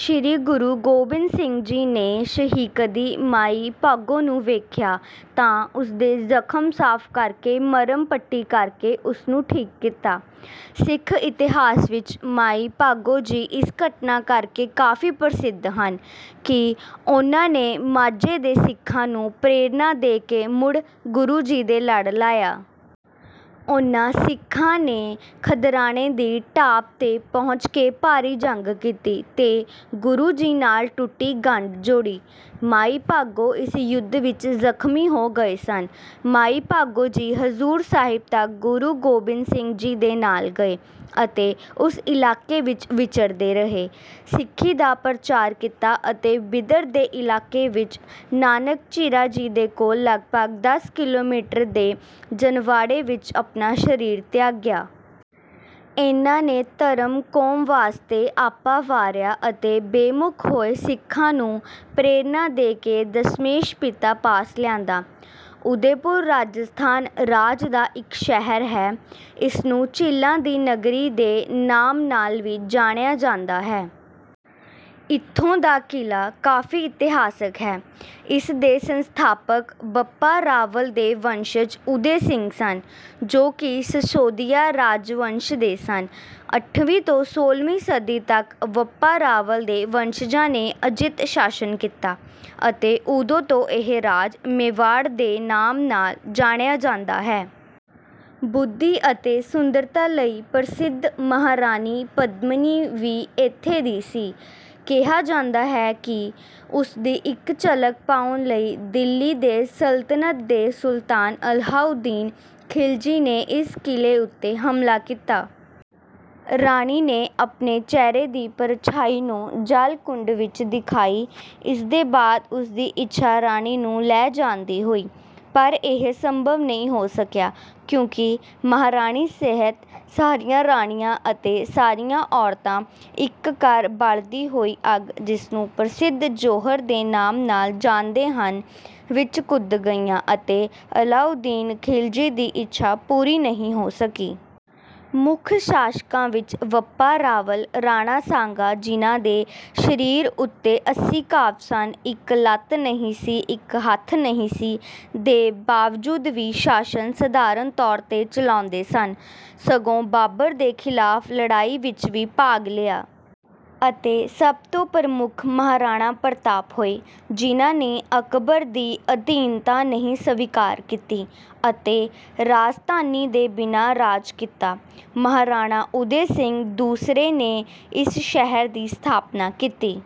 ਸ੍ਰੀ ਗੁਰੂ ਗੋਬਿੰਦ ਸਿੰਘ ਜੀ ਨੇ ਸਹਿਕਦੀ ਮਾਈ ਭਾਗੋ ਨੂੰ ਵੇਖਿਆ, ਤਾਂ ਉਸ ਦੇ ਜ਼ਖਮ ਸਾਫ਼ ਕਰਕੇ, ਮਰ੍ਹਮ ਪੱਟੀ ਕਰਕੇ ਉਸ ਨੂੰ ਠੀਕ ਕੀਤਾ। ਸਿੱਖ ਇਤਿਹਾਸ ਵਿਚ ਮਾਈ ਭਾਗੋ ਜੀ ਇਸ ਘਟਨਾ ਕਰਕੇ ਕਾਫੀ ਪ੍ਰਸਿੱਧ ਹਨ, ਕਿ ਉਨ੍ਹਾਂ ਨੇ ਮਾਝੇ ਦੇ ਸਿੱਖਾਂ ਨੂੰ ਪ੍ਰੇਰਣਾ ਦੇ ਕੇ ਮੁੜ ਗੁਰੂ ਜੀ ਦੇ ਲੜ ਲਾਇਆ। ਉਨ੍ਹਾਂ ਸਿੱਖਾਂ ਨੇ ਖਿਦਰਾਣੇ ਦੀ ਢਾਬ 'ਤੇ ਪਹੁੰਚ ਕੇ ਭਾਰੀ ਜੰਗ ਕੀਤੀ, ਤੇ ਗੁਰੂ ਜੀ ਨਾਲ ਟੁੱਟੀ ਗੰਢ ਜੋੜੀ। ਮਾਈ ਭਾਗੋ ਇਸ ਯੁੱਧ ਵਿਚ ਜ਼ਖਮੀ ਹੋ ਗਏ ਸਨ। ਮਾਈ ਭਾਗੋ ਜੀ ਹਜ਼ੂਰ ਸਾਹਿਬ ਤੱਕ ਗੁਰੂ ਗੋਬਿੰਦ ਸਿੰਘ ਜੀ ਦੇ ਨਾਲ ਗਏ, ਅਤੇ ਉਸ ਇਲਾਕੇ ਵਿਚ ਵਿਚਰਦੇ ਰਹੇ, ਸਿੱਖੀ ਦਾ ਪ੍ਰਚਾਰ ਕੀਤਾ, ਅਤੇ ਬਿਦਰ ਦੇ ਇਲਾਕੇ ਵਿਚ ਨਾਨਕ ਝੀਰਾ ਜੀ ਦੇ ਕੋਲ, ਲਗਭਗ ਦਸ ਕਿਲੋਮੀਟਰ ਦੇ ਜਨਵਾੜੇ ਵਿਚ ਆਪਣਾ ਸਰੀਰ ਤਿਆਗਿਆ। ਇਨ੍ਹਾਂ ਨੇ ਧਰਮ, ਕੌਮ ਵਾਸਤੇ ਆਪਾ ਵਾਰਿਆ, ਅਤੇ ਬੇਮੁੱਖ ਹੋਏ ਸਿੱਖਾਂ ਨੂੰ ਪ੍ਰੇਰਨਾ ਦੇ ਕੇ ਦਸਮੇਸ਼ ਪਿਤਾ ਪਾਸ ਲਿਆਂਦਾ। ਉਦੈਪੁਰ ਰਾਜਸਥਾਨ ਰਾਜ ਦਾ ਇੱਕ ਸ਼ਹਿਰ ਹੈ। ਇਸਨੂੰ ਝੀਲਾਂ ਦੀ ਨਗਰੀ ਦੇ ਨਾਮ ਨਾਲ ਵੀ ਜਾਣਿਆ ਜਾਂਦਾ ਹੈ। ਇੱਥੋਂ ਦਾ ਕਿਲ੍ਹਾ ਕਾਫੀ ਇਤਿਹਾਸਿਕ ਹੈ। ਇਸ ਦੇ ਸੰਸਥਾਪਕ ਬੱਪਾ ਰਾਵਲ ਦੇ ਵੰਸ਼ਜ ਉਦੈ ਸਿੰਘ ਸਨ, ਜੋ ਕਿ ਸ਼ਿਸ਼ੋਦੀਆ ਰਾਜਵੰਸ਼ ਦੇ ਸਨ। ਅੱਠਵੀਂ ਤੋਂ ਸੋਲ੍ਹਵੀਂ ਸਦੀ ਤੱਕ ਬੱਪਾ ਰਾਵਲ ਦੇ ਵੰਸ਼ਜਾਂ ਨੇ ਅਜਿੱਤ ਸ਼ਾਸਨ ਕੀਤਾ, ਅਤੇ ਉਦੋਂ ਤੋਂ ਇਹ ਰਾਜ ਮੇਵਾੜ ਦੇ ਨਾਮ ਨਾਲ ਜਾਣਿਆ ਜਾਂਦਾ ਹੈ। ਬੁੱਧੀ ਅਤੇ ਸੁੰਦਰਤਾ ਲਈ ਪ੍ਰਸਿੱਧ ਮਹਾਰਾਣੀ ਪਦਮਨੀ ਵੀ ਇੱਥੇ ਦੀ ਸੀ। ਕਿਹਾ ਜਾਂਦਾ ਹੈ ਕਿ ਉਸ ਦੀ ਇੱਕ ਝਲਕ ਪਾਉਣ ਲਈ ਦਿੱਲੀ ਦੇ ਸਲਤਨਤ ਦੇ ਸੁਲਤਾਨ ਅਲਾਉਦੀਨ ਖਿਲਜੀ ਨੇ ਇਸ ਕਿਲੇ ਉੱਤੇ ਹਮਲਾ ਕੀਤਾ। ਰਾਣੀ ਨੇ ਆਪਣੇ ਚਿਹਰੇ ਦੀ ਪਰਛਾਈ ਨੂੰ ਜਲ ਕੁੰਡ ਵਿੱਚ ਦਿਖਾਈ। ਇਸ ਦੇ ਬਾਅਦ ਉਸ ਦੀ ਇੱਛਾ ਰਾਣੀ ਨੂੰ ਲੈ ਜਾਣ ਦੀ ਹੋਈ। ਪਰ ਇਹ ਸੰਭਵ ਨਹੀਂ ਹੋ ਸਕਿਆ। ਕਿਉਂਕਿ ਮਹਾਰਾਣੀ ਸਹਿਤ ਸਾਰੀਆਂ ਰਾਣੀਆਂ ਅਤੇ ਸਾਰੀਆਂ ਔਰਤਾਂ ਇੱਕ ਕਰ ਬਲਦੀ ਹੋਈ ਅੱਗ, ਜਿਸ ਨੂੰ ਪ੍ਰਸਿੱਧ ਜੌਹਰ ਦੇ ਨਾਮ ਨਾਲ ਜਾਣਦੇ ਹਨ, ਵਿੱਚ ਕੁੱਦ ਗਈਆਂ, ਅਤੇ ਅਲਾਉਦੀਨ ਖਿਲਜੀ ਦੀ ਇੱਛਾ ਪੂਰੀ ਨਹੀਂ ਹੋ ਸਕੀ। ਮੁੱਖ ਸ਼ਾਸਕਾਂ ਵਿੱਚ ਬੱਪਾ ਰਾਵਲ, ਰਾਣਾ ਸਾਂਗਾ ਜਿਹਨਾਂ ਦੇ ਸਰੀਰ ਉੱਤੇ ਅੱਸੀ ਘਾਵ ਸਨ, ਇੱਕ ਲੱਤ ਨਹੀਂ ਸੀ, ਇੱਕ ਹੱਥ ਨਹੀਂ ਸੀ, ਦੇ ਬਾਵਜੂਦ ਵੀ ਸ਼ਾਸਨ ਸਧਾਰਨ ਤੌਰ ਤੇ ਚਲਾਉਂਦੇ ਸਨ, ਸਗੋਂ ਬਾਬਰ ਦੇ ਖਿਲਾਫ ਲੜਾਈ ਵਿੱਚ ਵੀ ਭਾਗ ਲਿਆ। ਅਤੇ ਸਭ ਤੋਂ ਪ੍ਰਮੁੱਖ ਮਹਾਰਾਣਾ ਪ੍ਰਤਾਪ ਹੋਏ, ਜਿਹਨਾਂ ਨੇ ਅਕਬਰ ਦੀ ਅਧੀਨਤਾ ਨਹੀਂ ਸਵੀਕਾਰ ਕੀਤੀ, ਅਤੇ ਰਾਜਧਾਨੀ ਦੇ ਬਿਨਾਂ ਰਾਜ ਕੀਤਾ। ਮਹਾਰਾਣਾ ਉਦੈ ਸਿੰਘ ਦੂਸਰੇ ਨੇ ਇਸ ਸ਼ਹਿਰ ਦੀ ਸਥਾਪਨਾ ਕੀਤੀ